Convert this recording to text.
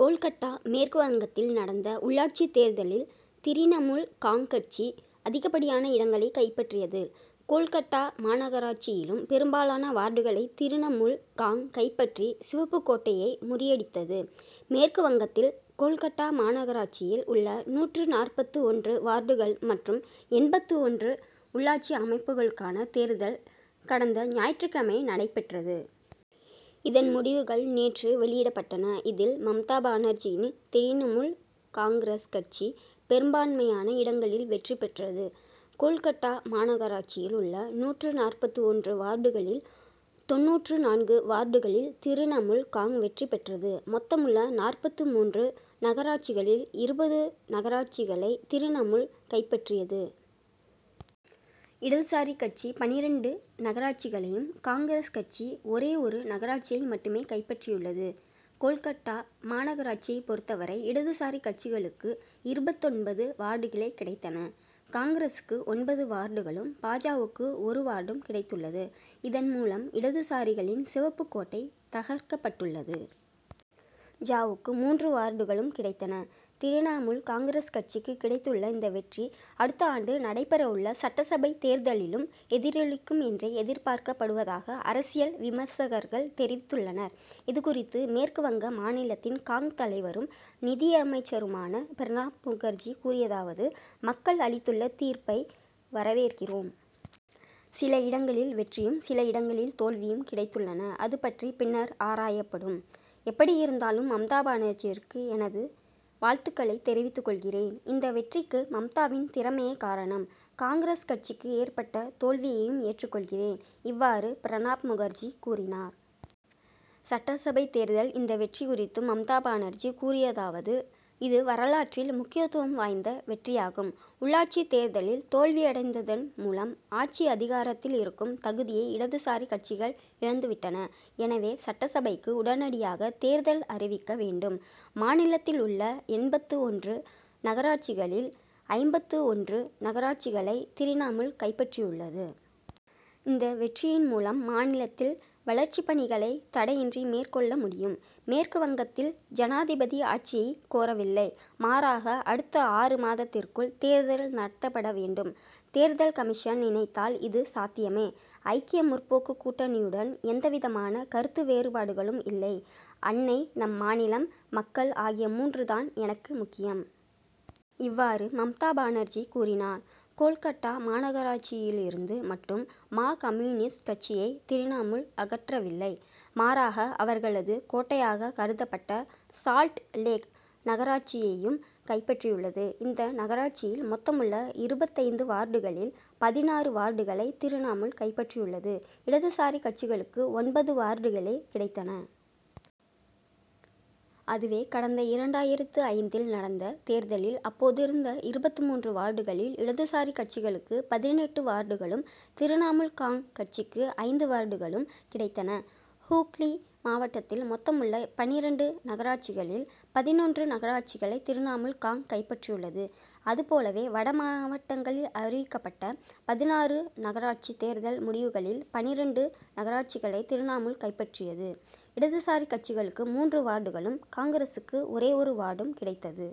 கோல்கட்டா மேற்குவங்கத்தில் நடந்த உள்ளாட்சித் தேர்தலில் திரிணமுல் காங்., கட்சி அதிகப்படியான இடங்களை கைப்பற்றியது. கோல்கட்டா மாநகராட்சியிலும் பெரும்பாலான வார்டுகளை திரிணமுல் காங்., கைப்பற்றி, சிவப்புக் கோட்டை'யை முறியடித்தது. மேற்குவங்கத்தில் கோல்கட்டா மாநகராட்சியில் உள்ள நூற்று நாற்பத்து ஒன்று வார்டுகள் மற்றும் எண்பத்து ஒன்று உள்ளாட்சி அமைப்புகளுக்கான தேர்தல் கடந்த ஞாயிற்றுக் கிழமை நடைபெற்றது. இதன் முடிவுகள் நேற்று வெளியிடப்பட்டன. இதில், மம்தா பானர்ஜியின் திரிணமுல் காங்கிரஸ் கட்சி, பெரும்பான்மையான இடங்களில் வெற்றி பெற்றது. கோல்கட்டா மாநகராட்சியில் உள்ள நூற்று நாற்பத்து ஒன்று வார்டுகளில் தொண்ணூற்று நான்கு வார்டுகளில் திரிணமுல் காங்., வெற்றி பெற்றது. மொத்தமுள்ள நாற்பத்து மூன்று நகராட்சிகளில் இருபது நகராட்சிகளை திரிணமுல் கைப்பற்றியது. இடதுசாரி கட்சி பன்னிரண்டு நகராட்சிகளையும், காங்கிரஸ் கட்சி ஒரே ஒரு நகராட்சியை மட்டுமே கைப்பற்றியுள்ளது. கோல்கட்டா மாநகராட்சியைப் பொறுத்தவரை, இடதுசாரி கட்சிகளுக்கு இருபத்தொன்பது வார்டுகளே கிடைத்தன. காங்கிரசுக்கு ஒன்பது வார்டுகளும், பா. ஜ.,வுக்கு ஒரு வார்டும் கிடைத்துள்ளது. இதன் மூலம், இடதுசாரிகளின் சிவப்புக் கோட்டை தகர்க்கப்பட்டுள்ளது. ஜ.,வுக்கு மூன்று வார்டுகளும் கிடைத்தன. திரிணமுல் காங்கிரஸ் கட்சிக்கு கிடைத்துள்ள இந்த வெற்றி, அடுத்த ஆண்டு நடைபெறவுள்ள சட்டசபை தேர்தலிலும் எதிரொலிக்கும் என்றே எதிர்பார்க்கப்படுவதாக அரசியல் விமர்சகர்கள் தெரிவித்துள்ளனர். இது குறித்து மேற்கு வங்க மாநிலத்தின் காங்., தலைவரும், நிதியமைச்சருமான பிரணாப் முகர்ஜி கூறியதாவது மக்கள் அளித்துள்ள தீர்ப்பை வரவேற்கிறோம். சில இடங்களில் வெற்றியும், சில இடங்களில் தோல்வியும் கிடைத்துள்ளன. அது பற்றி பின்னர் ஆராயப்படும். எப்படியிருந்தாலும், மம்தா பானர்ஜிக்கு எனது வாழ்த்துக்களை தெரிவித்துக் கொள்கிறேன். இந்த வெற்றிக்கு மம்தாவின் திறமையே காரணம். காங்கிரஸ் கட்சிக்கு ஏற்பட்ட தோல்வியையும் ஏற்றுக் கொள்கிறேன். இவ்வாறு பிரணாப் முகர்ஜி கூறினார். சட்டசபை தேர்தல் இந்த வெற்றி குறித்து மம்தா பானர்ஜி கூறியதாவது இது வரலாற்றில் முக்கியத்துவம் வாய்ந்த வெற்றியாகும். உள்ளாட்சி தேர்தலில் தோல்வியடைந்ததன் மூலம், ஆட்சி அதிகாரத்தில் இருக்கும் தகுதியை இடதுசாரி கட்சிகள் இழந்துவிட்டன. எனவே, சட்டசபைக்கு உடனடியாக தேர்தல் அறிவிக்க வேண்டும். மாநிலத்தில் உள்ள எண்பத்து ஒன்று நகராட்சிகளில், ஐம்பத்து ஒன்று நகராட்சிகளை திரிணமுல் கைப்பற்றியுள்ளது. இந்த வெற்றியின் மூலம், மாநிலத்தில் வளர்ச்சிப்பணிகளை தடையின்றி மேற்கொள்ள முடியும். மேற்கு வங்கத்தில் ஜனாதிபதி ஆட்சியை கோரவில்லை, மாறாக அடுத்த ஆறு மாதத்திற்குள் தேர்தல் நடத்தப்பட வேண்டும். தேர்தல் கமிஷன் நினைத்தால் இது சாத்தியமே. ஐக்கிய முற்போக்கு கூட்டணியுடன் எந்தவிதமான கருத்து வேறுபாடுகளும் இல்லை. அன்னை, நம் மாநிலம், மக்கள் ஆகிய மூன்று தான் எனக்கு முக்கியம். இவ்வாறு மம்தா பானர்ஜி கூறினார். கோல்கட்டா மாநகராட்சியிலிருந்து மட்டும் மா. கம்யூனிஸ்ட் கட்சியை திரிணமுல் அகற்றவில்லை; மாறாக, அவர்களது கோட்டையாக கருதப்பட்ட சால்ட் லேக் நகராட்சியையும் கைப்பற்றியுள்ளது. இந்த நகராட்சியில், மொத்தமுள்ள இருபத்தைந்து வார்டுகளில் பதினாறு வார்டுகளை திரிணமுல் கைப்பற்றியுள்ளது. இடதுசாரி கட்சிகளுக்கு ஒன்பது வார்டுகளே கிடைத்தன. அதுவே, கடந்த இரண்டாயிரத்து ஐந்தில் நடந்த தேர்தலில், அப்போதிருந்த இருபத்து மூன்று வார்டுகளில் இடதுசாரி கட்சிகளுக்கு பதினெட்டு வார்டுகளும், திரிணமுல் காங்., கட்சிக்கு ஐந்து வார்டுகளும் கிடைத்தன. ஹூக்ளி மாவட்டத்தில், மொத்தமுள்ள பன்னிரண்டு நகராட்சிகளில் பதினொன்று நகராட்சிகளை திரிணமுல் காங்., கைப்பற்றியுள்ளது. அதுபோலவே, வட மாவட்டங்களில் அறிவிக்கப்பட்ட பதினாறு நகராட்சி தேர்தல் முடிவுகளில் பன்னிரண்டு நகராட்சிகளை திரிணமுல் கைப்பற்றியது. இடதுசாரி கட்சிகளுக்கு மூன்று வார்டுகளும், காங்கிரசுக்கு ஒரே ஒரு வார்டும் கிடைத்தது.